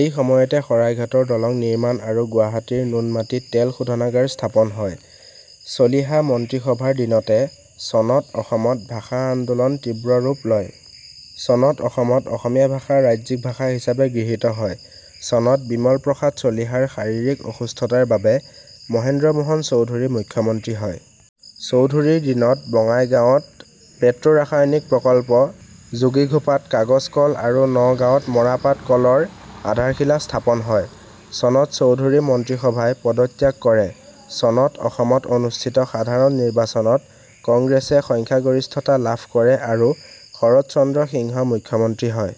এই সময়তে শৰাইঘাটৰ দলং নিৰ্মাণ আৰু গুৱাহাটীৰ নুনমাটিত তেল শোধনাগাৰ স্থাপন হয়। চলিহা মন্ত্ৰীসভাৰ দিনতে - চনত অসমত ভাষা আন্দোলন তীব্ৰৰূপ লয়। চনত অসমত অসমীয়া ভাষা ৰাজ্যিক ভাষা হিচাপে গৃহীত হয়। চনত বিমলাপ্ৰসাদ চলিহাৰ শাৰীৰিক অসুস্থতাৰ বাবে মহেন্দ্ৰ মোহন চৌধুৰী মুখ্যমন্ত্ৰী হয়। চৌধুৰীৰ দিনত বঙাইগাঁৱ ত পেট্ৰোৰাসায়নিক প্ৰকল্প, যোগীঘোপা ত কাগজ কল আৰু নগাঁও ত মৰাপাট কলৰ আধাৰশিলা স্থাপন হয়। চনত চৌধুৰী মন্ত্ৰীসভাই পদত্যাগ কৰে। চনত অসমত অনুষ্ঠিত সাধাৰণ নিৰ্বাচনত কংগ্ৰেছে সংখ্যাগৰিষ্ঠতা লাভ কৰে আৰু শৰৎ চন্দ্ৰ সিংহ মুখ্যমন্ত্ৰী হয়।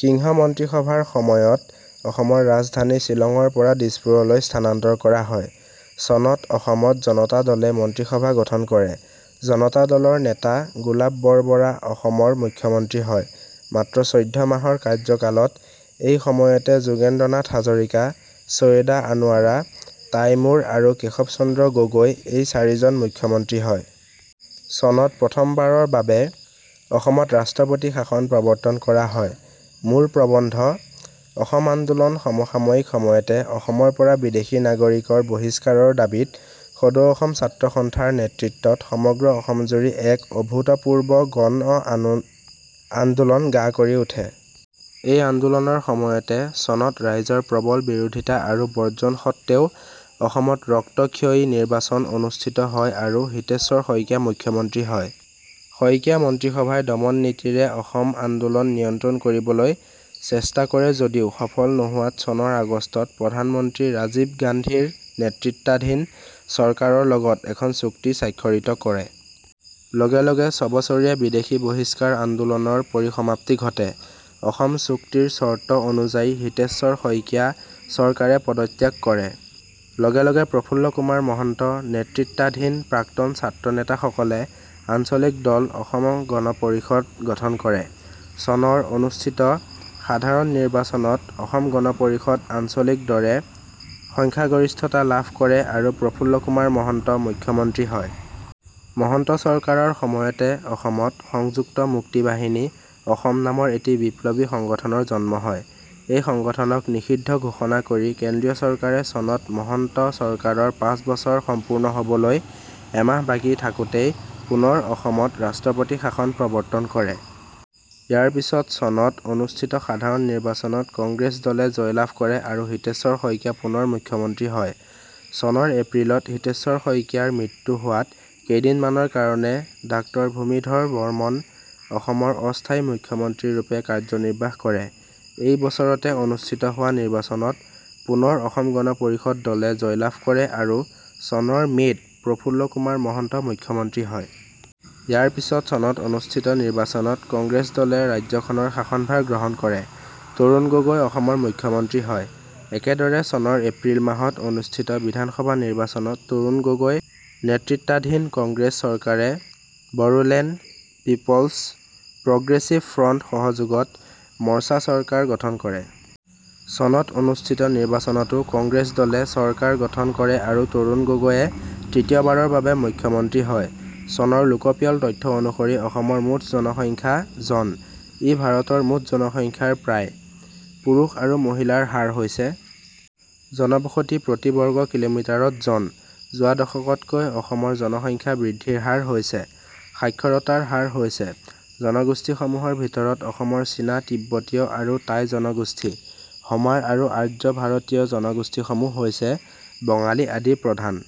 সিংহ মন্ত্ৰীসভাৰ সময়ত অসমৰ ৰাজধানী শ্বিলঙৰ পৰা দিছপুৰলৈ স্থানান্তৰ কৰা হয়। চনত অসমত জনতা দলে মন্ত্ৰীসভা গঠন কৰে। জনতা দলৰ নেতা গোলাপ বৰবৰা অসমৰ মুখ্যমন্ত্ৰী হয়। মাত্ৰ চৈধ্য মাহৰ কাৰ্য্যকালত এই সময়তে যোগেন্দ্ৰনাথ হাজৰিকা, চৈয়দা আনোৱাৰা টাইমূৰ আৰু কেশৱ চন্দ্ৰ গগৈ এই চাৰিজন মুখ্যমন্ত্ৰী হয়। চনত প্ৰথমবাৰৰ বাবে অসমত ৰাষ্ট্ৰপতি শাসন প্ৰৱৰ্তন কৰা হয়। মূল প্ৰবন্ধ: অসম আন্দোলন সমসাময়িক সময়তে অসমৰ পৰা বিদেশী নাগৰিকৰ বহিষ্কাৰৰ দাবীত সদৌ অসম ছাত্ৰ সন্থা ৰ নেতৃত্বত সমগ্ৰ অসমজুৰি এক অভূতপূৰ্ব গণ আন্দোলন গা কৰি উঠে। এই আন্দোলনৰ সময়তে চনত ৰাইজৰ প্ৰবল বিৰোধিতা আৰু বৰ্জন সত্ত্বেও অসমত ৰক্তক্ষয়ী নিৰ্বাচন অনুষ্ঠিত হয় আৰু হিতেশ্বৰ শইকীয়া মুখ্যমন্ত্ৰী হয়। শইকীয়া মন্ত্ৰীসভাই দমন নীতিৰে অসম আন্দোলন নিয়ন্ত্ৰণ কৰিবলৈ চেষ্টা কৰে যদিও সফল নোহোৱাত চনৰ আগষ্টত প্ৰধানমন্ত্ৰী ৰাজীৱ গান্ধী ৰ নেতৃত্বাধীন চৰকাৰৰ লগত এখন চুক্তি স্বাক্ষৰিত কৰে। লগে লগে ছবছৰীয়া বিদেশী বহিষ্কাৰ আন্দোলনৰ পৰিসমাপ্তি ঘটে। অসম চুক্তিৰ চৰ্ত অনুযায়ী হিতেশ্বৰ শইকীয়া চৰকাৰে পদত্যাগ কৰে। লগে লগে প্ৰফুল্ল কুমাৰ মহন্ত নেতৃত্বাধীন প্ৰাক্তন ছাত্ৰনেতাসকলে আঞ্চলিক দল অসম গণ পৰিষদ গঠন কৰে। চনৰ অনুষ্ঠিত সাধাৰণ নিৰ্বাচনত অসম গণ পৰিষদ আঞ্চলিক দৰে সংখ্যাগৰিষ্ঠতা লাভ কৰে আৰু প্ৰফুল্ল কুমাৰ মহন্ত মুখ্যমন্ত্ৰী হয়। মহন্ত চৰকাৰৰ সময়তে অসমত সংযুক্ত মুক্তি বাহিনী, অসম নামৰ এটি বিপ্লৱী সংগঠনৰ জন্ম হয়। এই সংগঠনক নিষিদ্ধ ঘোষণা কৰি কেন্দ্ৰীয় চৰকাৰে চনত মহন্ত চৰকাৰৰ পাঁচবছৰ সম্পূৰ্ণ হ'বলৈ এমাহ বাকী থাকোঁতেই পুনৰ অসমত ৰাষ্ট্ৰপতি শাসন প্ৰৱৰ্তন কৰে। ইয়াৰ পিছত চনত অনুষ্ঠিত সাধাৰণ নিৰ্বাচনত কংগ্ৰেছ দলে জয়লাভ কৰে আৰু হিতেশ্বৰ শইকীয়া পুনৰ মুখ্যমন্ত্ৰী হয়। চনৰ এপ্ৰিলত হিতেশ্বৰ শইকীয়াৰ মৃত্যু হোৱাত কেইদিনমানৰ কাৰণে ডাঃ ভূমিধৰ বৰ্মন অসমৰ অস্থায়ী মুখ্যমন্ত্ৰীৰূপে কাৰ্যনিৰ্বাহ কৰে। এই বছৰতে অনুষ্ঠিত হোৱা নিৰ্বাচনত পুনৰ অসম গণ পৰিষদ দলে জয়লাভ কৰে আৰু চনৰ মে'ত প্ৰফুল্ল কুমাৰ মহন্ত মুখ্যমন্ত্ৰী হয়। ইয়াৰ পিছত চনত অনুষ্ঠিত নিৰ্বাচনত কংগ্ৰেছ দলে ৰাজ্যখনৰ শাসনভাৰ গ্ৰহণ কৰে। তৰুণ গগৈ অসমৰ মুখ্যমন্ত্ৰী হয়। একেদৰে চনৰ এপ্ৰিল মাহত অনুষ্ঠিত বিধানসভা নিৰ্বাচনত তৰুণ গগৈ নেতৃত্বাধীন কংগ্ৰেছ চৰকাৰে বড়োলেণ্ড পিপলচ প্ৰগ্ৰেছিভ ফ্ৰ'ণ্ট সহযোগত মৰ্চা চৰকাৰ গঠন কৰে। চনত অনুষ্ঠিত নিৰ্বাচনতো কংগ্ৰেছ দলে চৰকাৰ গঠন কৰে আৰু তৰুণ গগৈ য়ে তৃতীয়বাৰৰ বাবে মুখ্যমন্ত্ৰী হয়। চনৰ লোকপিয়ল তথ্য অনুসৰি অসমৰ মুঠ জনসংখ্যা, জন। ই ভাৰতৰ মুঠ জনসংখ্যাৰ প্ৰায়। পুৰুষ আৰু মহিলাৰ হাৰ হৈছে। জনবসতি প্ৰতি বৰ্গ কিলোমিটাৰত জন। যোৱা দশকতকৈ অসমৰ জনসংখ্যা বৃদ্ধিৰ হাৰ হৈছে। সাক্ষৰতাৰ হাৰ হৈছে। জনগোষ্ঠীসমূহৰ ভিতৰত অসমৰ চীনা-তিব্বতীয় আৰু টাই জনগোষ্ঠী: হমাৰ আৰু আৰ্য ভাৰতীয় জনগোষ্ঠীসমূহ হৈছে: বঙালী আদি প্ৰধান।